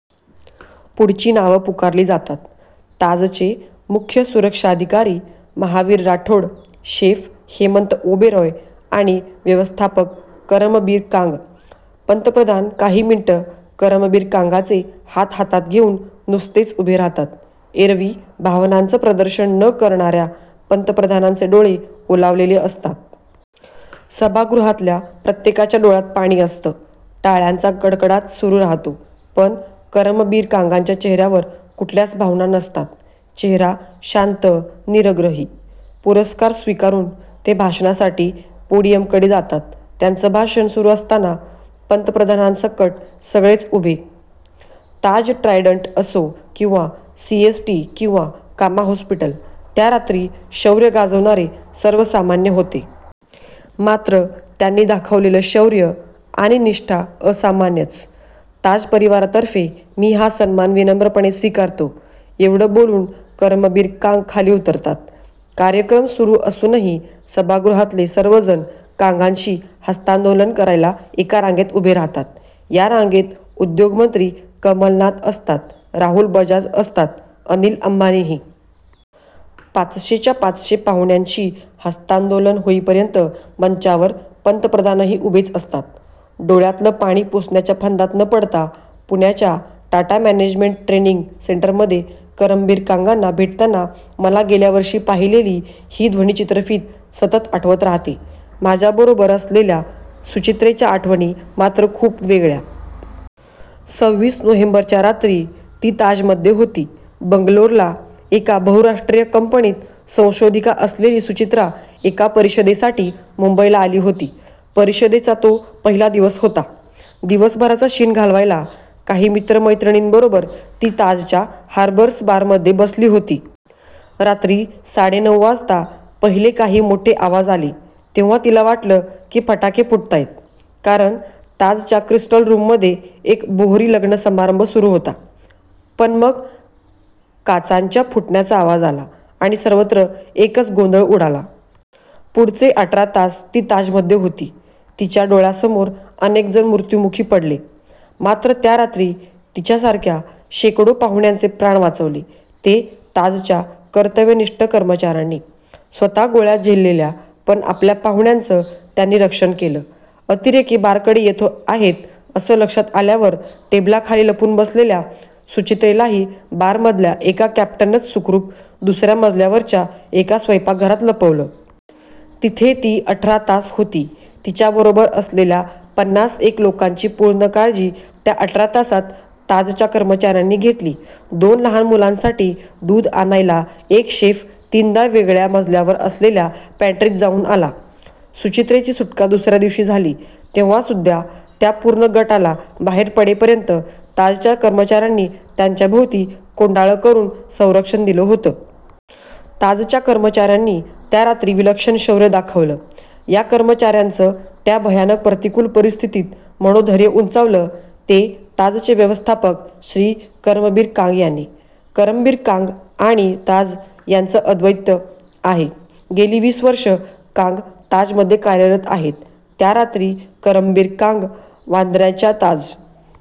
पुढची नावं पुकारली जातात. ताजचे मुख्य सुरक्षाधिकारी महावीर राठौड, शेफ हेमंत ओबेरॉय आणि व्यवस्थापक करमबीर कांग. पंतप्रधान काही मिनिटं करमबीर कांगांचे हात हातात घेऊन नुसतेच उभे राहतात. एरवी भावनांचं प्रदर्शन न करणाऱ्या पंतप्रधानांचे डोळे ओलावलेले असतात. सभागृहातल्या प्रत्येकाच्या डोळ्यात पाणी असतं. टाळ्यांचा कडकडाट सुरू राहतो. पण करमबीर कांगांच्या चेहऱ्यावर कुठल्याच भावना नसतात. चेहरा शांत, निग्रही. पुरस्कार स्वीकारून ते भाषणासाठी पोडियमकडे जातात. त्यांचं भाषण सुरू असताना पंतप्रधानांसकट सगळे उभेच. ताज-ट्रायडण्ट असो किंवा सीएसटी किंवा कामा हॉस्पिटल, त्या रात्री शौर्य गाजवणारे सर्व सामान्य होते. मात्र त्यांनी दाखवलेलं शौर्य आणि निष्ठा असामान्यच. ताज परिवारातर्फे मी हा सन्मान विनम्रपणे स्वीकारतो, एवढं बोलून करमबीर कांग खाली उतरतात. कार्यक्रम सुरू असूनही सभागृहातले सर्वजण कांगांशी हस्तांदोलन करायला एका रांगेत उभे राहतात. या रांगेत उद्योगमंत्री कमलनाथ असतात, राहुल बजाज असतात, अनिल अंबानीही. पाचशेच्या पाचशे पाहुण्यांशी हस्तांदोलन होईपर्यंत मंचावर पंतप्रधानही उभेच असतात. डोळ्यातलं पाणी पुसण्याच्या फंदात न पडता. पुण्याच्या टाटा मॅनेजमेंट ट्रेनिंग सेंटरमध्ये करमबीर कांगांना भेटताना मला गेल्या वर्षी पाहिलेली ही ध्वनिचित्रफीत सतत आठवत राहते. माझ्याबरोबर असलेल्या सुचित्रेच्या आठवणी मात्र खूप वेगळ्या. सव्वीस नोव्हेंबरच्या रात्री ती ताजमध्ये होती. बंगलोरला एका बहुराष्ट्रीय कंपनीत संशोधिका असलेली सुचित्रा एका परिषदेसाठी मुंबईला आली होती. परिषदेचा तो पहिला दिवस होता. दिवसभराचा शीण घालवायला काही मित्रमैत्रिणींबरोबर ती ताजच्या हार्बर्स बारमध्ये बसली होती. रात्री साडेनऊ वाजता पहिले काही मोठे आवाज आले, तेव्हा तिला वाटलं की फटाके फुटतायेत, कारण ताजच्या क्रिस्टल रूममध्ये एक बोहरी लग्नसमारंभ सुरू होता. पण मग काचांच्या फुटण्याचा आवाज आला, आणि सर्वत्र एकच गोंधळ उडाला. पुढचे अठरा तास ती ताजमध्ये होती. तिच्या डोळ्यांसमोर अनेकजण मृत्युमुखी पडले. मात्र त्या रात्री तिच्यासारख्या शेकडो पाहुण्यांचे प्राण वाचवले ते ताजच्या कर्तव्यनिष्ठ कर्मचाऱ्यांनी. स्वतः गोळ्या झेलल्या, पण आपल्या पाहुण्यांचं त्यांनी रक्षण केलं. अतिरेकी बारकडे येत आहेत असं लक्षात आल्यावर टेबलाखाली लपून बसलेल्या सुचित्रेलाही बारमधल्या एका कॅप्टननंच सुखरूप दुसऱ्या मजल्यावरच्या एका स्वयंपाकघरात लपवलं. तिथे ती अठरा तास होती. तिच्याबरोबर असलेल्या पन्नासेक लोकांची पूर्ण काळजी त्या अठरा तासांत ताजच्या कर्मचाऱ्यांनी घेतली. दोन लहान मुलांसाठी दूध आणायला एक शेफ तीनदा वेगळ्या मजल्यावर असलेल्या पॅन्ट्रीत जाऊन आला. सुचित्रेची सुटका दुसऱ्या दिवशी झाली तेव्हासुद्धा त्या पूर्ण गटाला बाहेर पडेपर्यंत ताजच्या कर्मचाऱ्यांनी त्यांच्याभोवती कोंडाळं करून संरक्षण दिलं होतं. ताजच्या कर्मचाऱ्यांनी त्या रात्री विलक्षण शौर्य दाखवलं. या कर्मचाऱ्यांचं त्या भयानक प्रतिकूल परिस्थितीत मनोधैर्य उंचावलं ते ताजचे व्यवस्थापक श्री. करमबीर कांग यांनी. करमबीर कांग आणि ताज यांचं अद्वैत आहे. गेली वीस वर्षं कांग ताजमध्ये कार्यरत आहेत. त्या रात्री करमबीर कांग वांद्र्याच्या ताज